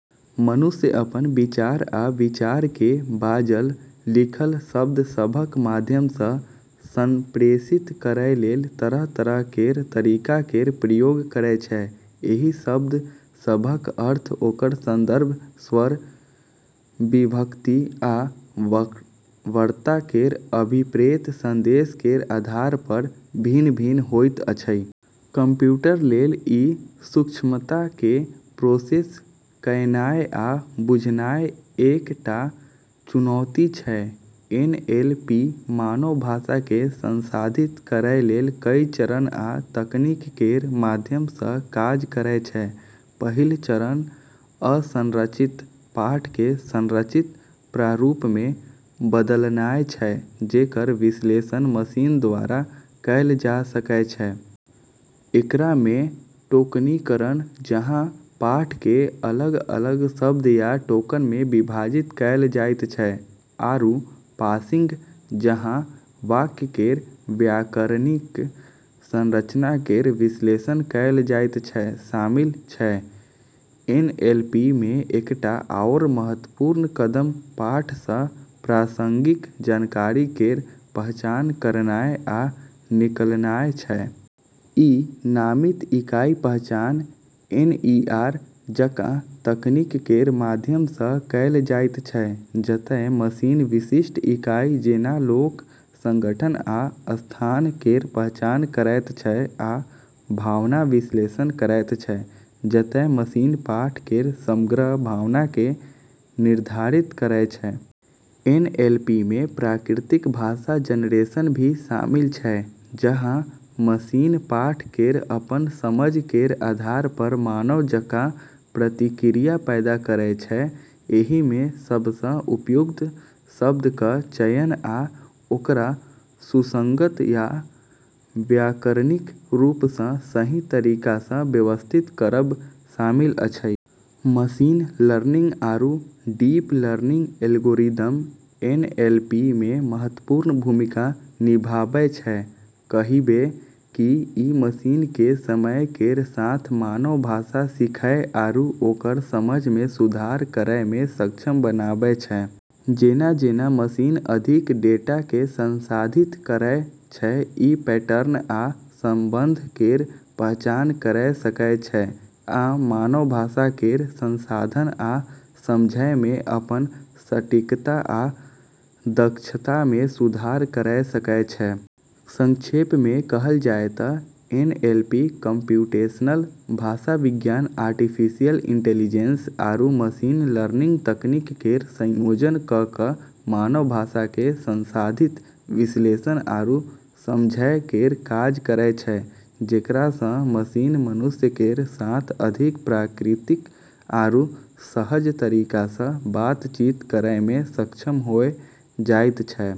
मनुष्य अपन विचार आ विचार केँ बाजल -लिखल शब्द सभक माध्यम सँ संप्रेषित करै लेल तरह-तरह केर तरीका केर प्रयोग करै छै। एहि शब्द सभक अर्थ ओकर संदर्भ, स्वर, विभक्ति आ वक्ता केर अभिप्रेत संदेश केर आधार पर भिन्न-भिन्न होइत अछि। कंप्यूटर लेल ई सूक्ष्मता केँ प्रोसेस कयनाय आ बुझनाय एक टा चुनौती छै। एन एल पी मानव भाषा केँ संसाधित करै लेल कई चरण आ तकनीक केर माध्यम सँ काज करै छै। पहिल चरण असंरचित पाठ केँ संरचित प्रारूप मे बदलनाय छै जेकर विश्लेषण मशीन द्वारा कएल जा सकै छै। एकरा मे टोकनीकरण, जहाँ पाठ केँ अलग-अलग शब्द या टोकन मे विभाजित कएल जाइत छै, आरू पार्सिंग, जहाँ वाक्य केर व्याकरणिक संरचना केर विश्लेषण कएल जाइत छै, शामिल छै। एनएलपी मे एकटा आओर महत्वपूर्ण कदम पाठ सँ प्रासंगिक जानकारी केर पहचान करनाय आ निकालनाय छै। ई नामित इकाई पहचान (एनईआर) जकाँ तकनीक केर माध्यम सँ कएल जाइत छै, जतय मशीन विशिष्ट इकाई जेंना लोक, संगठन, आ स्थान केर पहचान करैत छै, आ भावना विश्लेषण करैत छै, जतय मशीन पाठ केर समग्र भावना केँ निर्धारित करैत छै। एनएलपी मे प्राकृतिक भाषा जनरेशन भी शामिल छै, जहाँ मशीन पाठ केर अपन समझ केर आधार पर मानव जकाँ प्रतिक्रिया पैदा करै छै। एहि मे सबसँ उपयुक्त शब्दक चयन आ ओकरा सुसंगत आ व्याकरणिक रूप सँ सही तरीका सँ व्यवस्थित करब शामिल अछि। मशीन लर्निंग आरू डीप लर्निंग एल्गोरिदम एनएलपी मे महत्वपूर्ण भूमिका निभाबै छै, कहिबे कि ई मशीन केँ समय केर साथ मानव भाषा सीखै आरू ओकर समझ मे सुधार करै मे सक्षम बनाबै छै। जेना-जेना मशीन अधिक डेटा केँ संसाधित करै छै, ई पैटर्न आ संबंध केर पहचान करै सकै छै, आ मानव भाषा केर संसाधन आ समझै मे अपन सटीकता आ दक्षता मे सुधार करै सकै छै। संक्षेप मे कहल जाय तँ एनएलपी कम्प्यूटेशनल भाषाविज्ञान, आर्टिफिशियल इंटेलिजेंस, आरू मशीन लर्निंग तकनीक केर संयोजन कऽ कऽ मानव भाषा केँ संसाधित, विश्लेषण आरू समझै केर काज करै छै, जेकरा सँ मशीन मनुष्य केर साथ अधिक प्राकृतिक आरू सहज तरीका सँ बातचीत करै मे सक्षम होय जाइत छै।